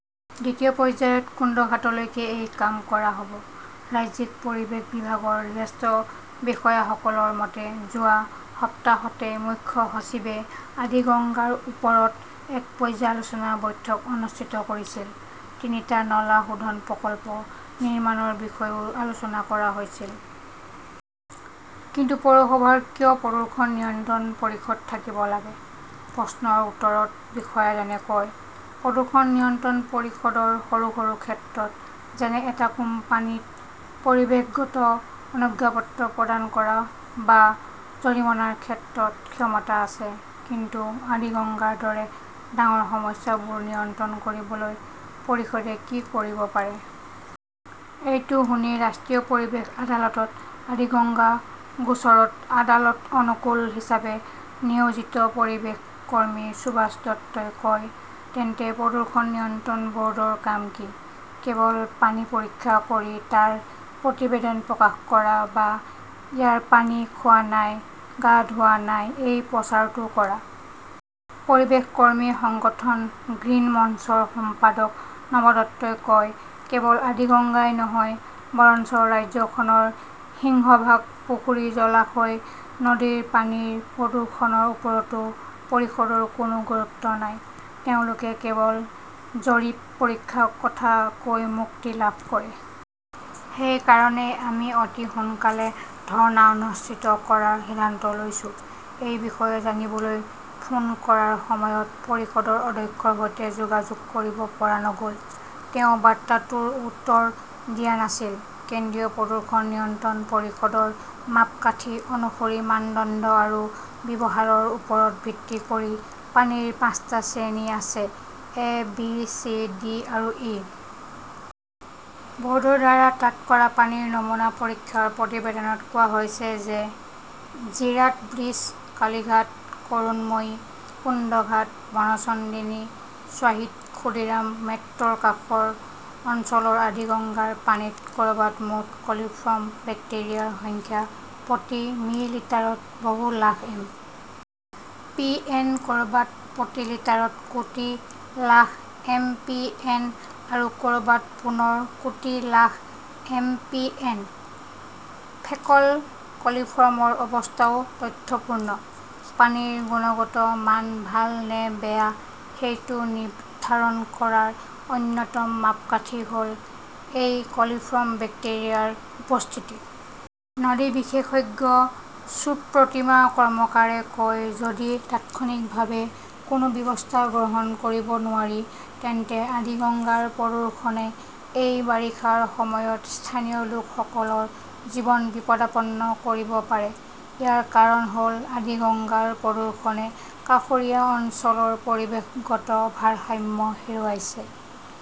দ্বিতীয় পৰ্যায়ত কুন্দঘাটলৈকে এই কাম কৰা হ'ব। ৰাজ্যিক পৰিৱেশ বিভাগৰ জ্যেষ্ঠ বিষয়াসকলৰ মতে, যোৱা সপ্তাহতহে মুখ্য সচিবে আদিগঙ্গাৰ ওপৰত এক পৰ্যালোচনা বৈঠক অনুষ্ঠিত কৰিছিল। তিনিটা নলা শোধন প্ৰকল্প নিৰ্মাণৰ বিষয়েও আলোচনা কৰা হৈছিল। কিন্তু পৌৰসভাৰ কিয় প্ৰদূষণ নিয়ন্ত্ৰণ পৰিষদ থাকিব লাগে? প্ৰশ্নৰ উত্তৰত বিষয়াজনে কয়, প্ৰদূষণ নিয়ন্ত্ৰণ পৰিষদৰ সৰু সৰু ক্ষেত্ৰত, যেনে এটা কোম্পানীক পৰিৱেশগত অনুজ্ঞাপত্ৰ প্ৰদান কৰা বা জৰিমনাৰ ক্ষেত্ৰত ক্ষমতা আছে। কিন্তু আদিগঙ্গাৰ দৰে ডাঙৰ সমস্যাবোৰ নিয়ন্ত্ৰণ কৰিবলৈ পৰিষদে কি কৰিব পাৰে? এইটো শুনি, ৰাষ্ট্ৰীয় পৰিৱেশ আদালতত আদিগঙ্গা গোচৰত আদালত-অনুকূল হিচাপে নিয়োজিত পৰিৱেশ কৰ্মী সুভাষ দত্তই কয়, তেন্তে প্ৰদূষণ নিয়ন্ত্ৰণ ব'ৰ্ডৰ কাম কি? কেৱল পানী পৰীক্ষা কৰি তাৰ প্ৰতিবেদন প্ৰকাশ কৰা বা ইয়াৰ পানী খোৱা নাই, গা ধোৱা নাই, এই প্ৰচাৰটো কৰা? পৰিৱেশ কৰ্মী সংগঠন গ্ৰীণ মঞ্চৰ সম্পাদক নব দত্তই কয়, কেৱল আদিগংগাই নহয়, বৰঞ্চ ৰাজ্যখনৰ সিংহভাগ পুখুৰী, জলাশয়, নদীৰ পানীৰ প্ৰদূষণৰ ওপৰতো পৰিষদৰ কোনো গুৰুত্ব নাই। তেওঁলোকে কেৱল জৰীপ-পৰীক্ষাৰ কথা কৈ মুক্তি লাভ কৰে। সেই কাৰণেই আমি অতি সোনকালে ধৰ্ণা অনুষ্ঠিত কৰাৰ সিদ্ধান্ত লৈছো। এই বিষয়ে জানিবলৈ ফোন কৰাৰ সময়ত পৰিষদৰ অধ্যক্ষৰ সৈতে যোগাযোগ কৰিব পৰা নগ'ল। তেওঁ বাৰ্তাটোৰো উত্তৰ দিয়া নাছিল। কেন্দ্ৰীয় প্ৰদূষণ নিয়ন্ত্ৰণ পৰিষদৰ মাপকাঠি অনুসৰি, মানদণ্ড আৰু ব্যৱহাৰৰ ওপৰত ভিত্তি কৰি পানীৰ পাঁচটা শ্ৰেণী আছে-এ, বি, চি, ডি আৰু ই। ব'ৰ্ডৰ দ্বাৰা তাত কৰা পানীৰ নমুনা পৰীক্ষাৰ প্ৰতিবেদনত কোৱা হৈছে যে জিৰাট ব্ৰীজ, কালীঘাট, কৰুণময়ী, কুন্দঘাট, বনশ্দ্ৰনী, শ্বাহিদ খুদিৰাম মেট্ৰৰ কাষৰ অঞ্চলৰ আদিগঙ্গাৰ পানীত ক'ৰবাত মুঠ কলিফৰ্ম বেক্টেৰিয়াৰ সংখ্যা প্ৰতি মিলিটাৰত বহু লাখ এম. পি. এন., ক'ৰবাত প্ৰতি মিলিটাৰত কোটি লাখ এম. পি. এন., আৰু ক'ৰবাত পুনৰ কোটি lakh M. P. N.. Faecal কলিফৰ্মৰ অৱস্থাও তথ্যপূৰ্ণ। পানীৰ গুণগত মান ভাল নে বেয়া সেইটো নিৰ্ধাৰণ কৰাৰ অন্যতম মাপকাঠি হ'ল এই কলিফৰ্ম বেক্টেৰিয়াৰ উপস্থিতি। নদী বিশেষজ্ঞ সুপ্ৰতীমা কৰ্মকাৰে কয়, যদি তাৎক্ষণিকভাৱে কোনো ব্যৱস্থা গ্ৰহণ কৰিব নোৱাৰি, তেন্তে আদিগঙ্গাৰ প্ৰদূষণে এই বাৰিষাৰ সময়ত স্থানীয় লোকসকলৰ জীৱন বিপদাপন্ন কৰিব পাৰে। ইয়াৰ কাৰণ হ'ল, আদিগঙ্গাৰ প্ৰদূষণে কাষৰীয়া অঞ্চলৰ পৰিৱেশগত ভাৰসাম্য হেৰুৱাইছে।